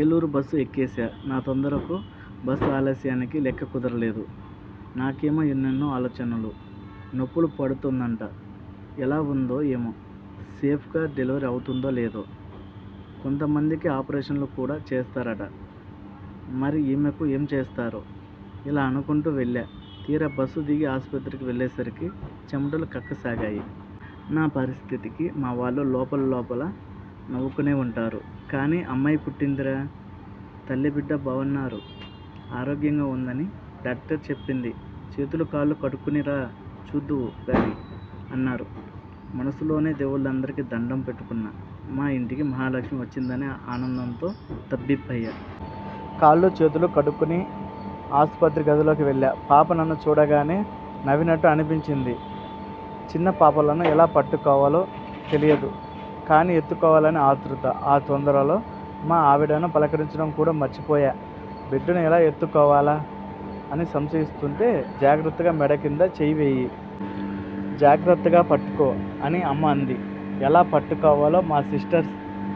Eluru bus ఎక్కేశా. నా తొందరకు, బస్సు ఆలస్యానికి లెక్క కుదరలేదు. నాకేమో ఎన్నెన్నో ఆలోచనలు.. 'నొప్పులు పడుతోందంట, ఎలా ఉందో? ఏమో? సేఫ్గా డెలివరీ అవుతుందో లేదో? కొంతమందికి ఆపరేషన్లు కూడా చేస్తారట. మరి ఈమెకు ఏం చేస్తారో? 'ఇలా అనుకుంటూ వెళ్లా.. తీరా బస్సు దిగి ఆసుపత్రికి వెళ్లేసరికి చెమటలు కక్కసాగాయి. నా పరిస్థితికి మా వాళ్లు లోపల్లోపల నవ్వుకునే ఉంటారు. కానీ 'అమ్మాయి పుట్టిందిరా. తల్లీ బిడ్డా బావున్నారు. ఆరోగ్యంగా ఉందని డాక్టర్ చెప్పింది. చేతులు కాళ్లు కడుక్కుని రా.. చూద్దువు గానీ' అన్నారు. మనసులోనే దేవుళ్లందరికీ దణ్ణం పెట్టుకున్నా. 'మా ఇంటికి మహాలక్ష్మి వచ్చిందనే ఆనందంతో తబ్బిబ్బయ్యా. కాళ్లూ చేతులూ కడుక్కుని ఆసుపత్రి గదిలోకి వెళ్లా. పాప నన్ను చూడగానే నవ్వినట్టు అనిపించింది. చిన్న పాపలను ఎలా పట్టుకోవాలో తెలియదు. కానీ ఎత్తుకోవాలనే ఆతృత. ఆ తొందరలో మా ఆవిడను పలకరించడం కూడా మర్చిపోయా. బిడ్డను ఎలా ఎత్తుకోవాలా? అని సంశయిస్తుంటే.. 'జాగ్రత్తగా మెడకింద చెయ్యివేయి. జాగ్రత్తగా పట్టుకో' అని అమ్మ అంది. ఎలా పట్టుకోవాలో మా సిస్టర్స్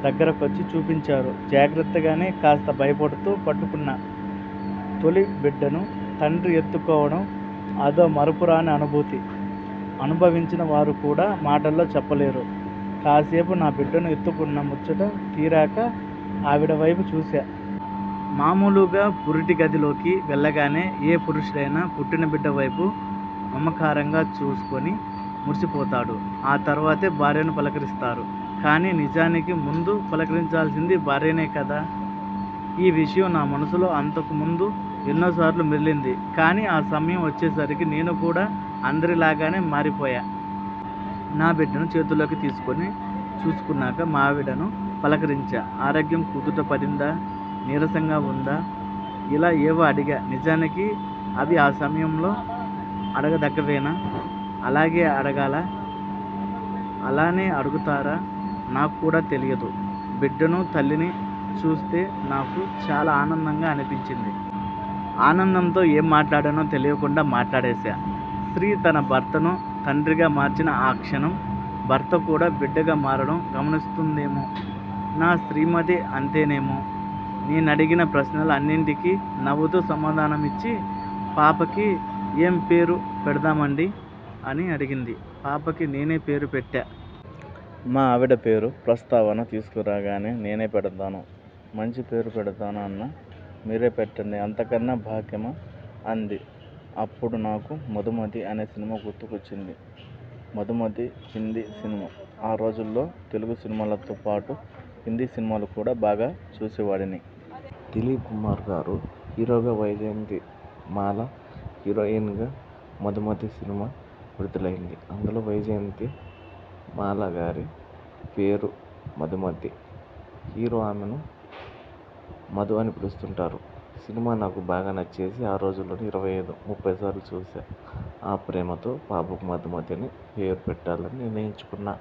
దగ్గరకొచ్చి చూపించారు. జాగ్రత్తగానే, కాస్త భయపడుతూ పట్టుకున్నా. తొలి బిడ్డను తండ్రి ఎత్తుకోవడం.. అదో మరపురాని అనుభూతి. అనుభవించిన వారు కూడా మాటల్లో చెప్పలేరు. కాసేపు నాబిడ్డను ఎత్తుకున్న ముచ్చట తీరాక ఆవిడవైపు చూశా. మామూలుగా పురిటి గది లోకి వెళ్లగానే ఏ పురుషుడైనా పుట్టినబిడ్డ వైపు మమకారంగా చూసుకుని మురిసిపోతాడు. ఆ తర్వాతే భార్యను పలకరిస్తారు. కానీ నిజానికి ముందు పలకరించాల్సింది భార్యనే కదా.. ఈ విషయం నా మనసులో అంతకు ముందు ఎన్నోసార్లు మెదిలింది. కానీ ఆ సమయం వచ్చే సరికి నేను కూడా అందరి లాగానే మారిపోయా. నా బిడ్డను చేతుల్లోకి తీసుకుని చూసుకున్నాక, మా ఆవిడను పలకరించా. 'ఆరోగ్యం కుదుట పడిందా? నీరసంగా ఉందా?.. ' ఇలా ఏవో అడిగా. నిజానికి అవి ఆ సమయంలో అడగదగ్గవేనా? అలాగే అడగాలా? అలానే అడుగుతారా? నాక్కూడా తెలియదు. బిడ్డనూ, తల్లినీ చూస్తే నాకు చాలా ఆనందంగా అనిపించింది. ఆనందంతో ఏం మాట్లాడానో తెలియకుండా మాట్లాడేశా. స్త్రీ తన భర్తను తండ్రిగా మార్చిన ఆ క్షణం, భర్త కూడా బిడ్డగా మారడం గమనిస్తుందేమో. నా శ్రీమతీ అంతేనేమో. నేనడిగిన ప్రశ్నలు అన్నిటికీ నవ్వుతూ సమాధానమిచ్చి 'పాపకి ఏం పేరు పెడదామండీ' అని అడిగింది. పాపకి నేనే పేరు పెట్టా! మా ఆవిడ 'పేరు' ప్రస్తావన తీసుకురాగానే 'నేనే పెడతాను. మంచి పేరు పెడతాను' అన్నా. 'మీరే పెట్టండి. అంతకన్నా భాగ్యమా' అంది. అప్పుడు నాకు 'మధుమతి' అనే సినిమా గుర్తుకొచ్చింది. 'మధుమతి' హిందీ సినిమా. ఆ రోజుల్లో తెలుగు సినిమాలతో పాటు హిందీ సినిమాలు కూడా బాగా చూసేవాడిని. దిలీప్ కుమార్ గారు హీరోగా, వైజయంతి మాల హీరోయిన్గా 'మధుమతి' సినిమా విడుదలైంది. అందులో వైజయంతి మాల గారి పేరు మధుమతి. హీరో ఆమెను మధూ అని పిలుస్తుంటారు. సినిమా నాకు బాగా నచ్చేసి ఆరోజుల్లోనే ఇరవై ఐదు, ముప్పై సార్లు చూశా. ఆ ప్రేమతో పాపకు మధుమతి అని పేరు పెట్టాలని నిర్ణయించుకున్నా.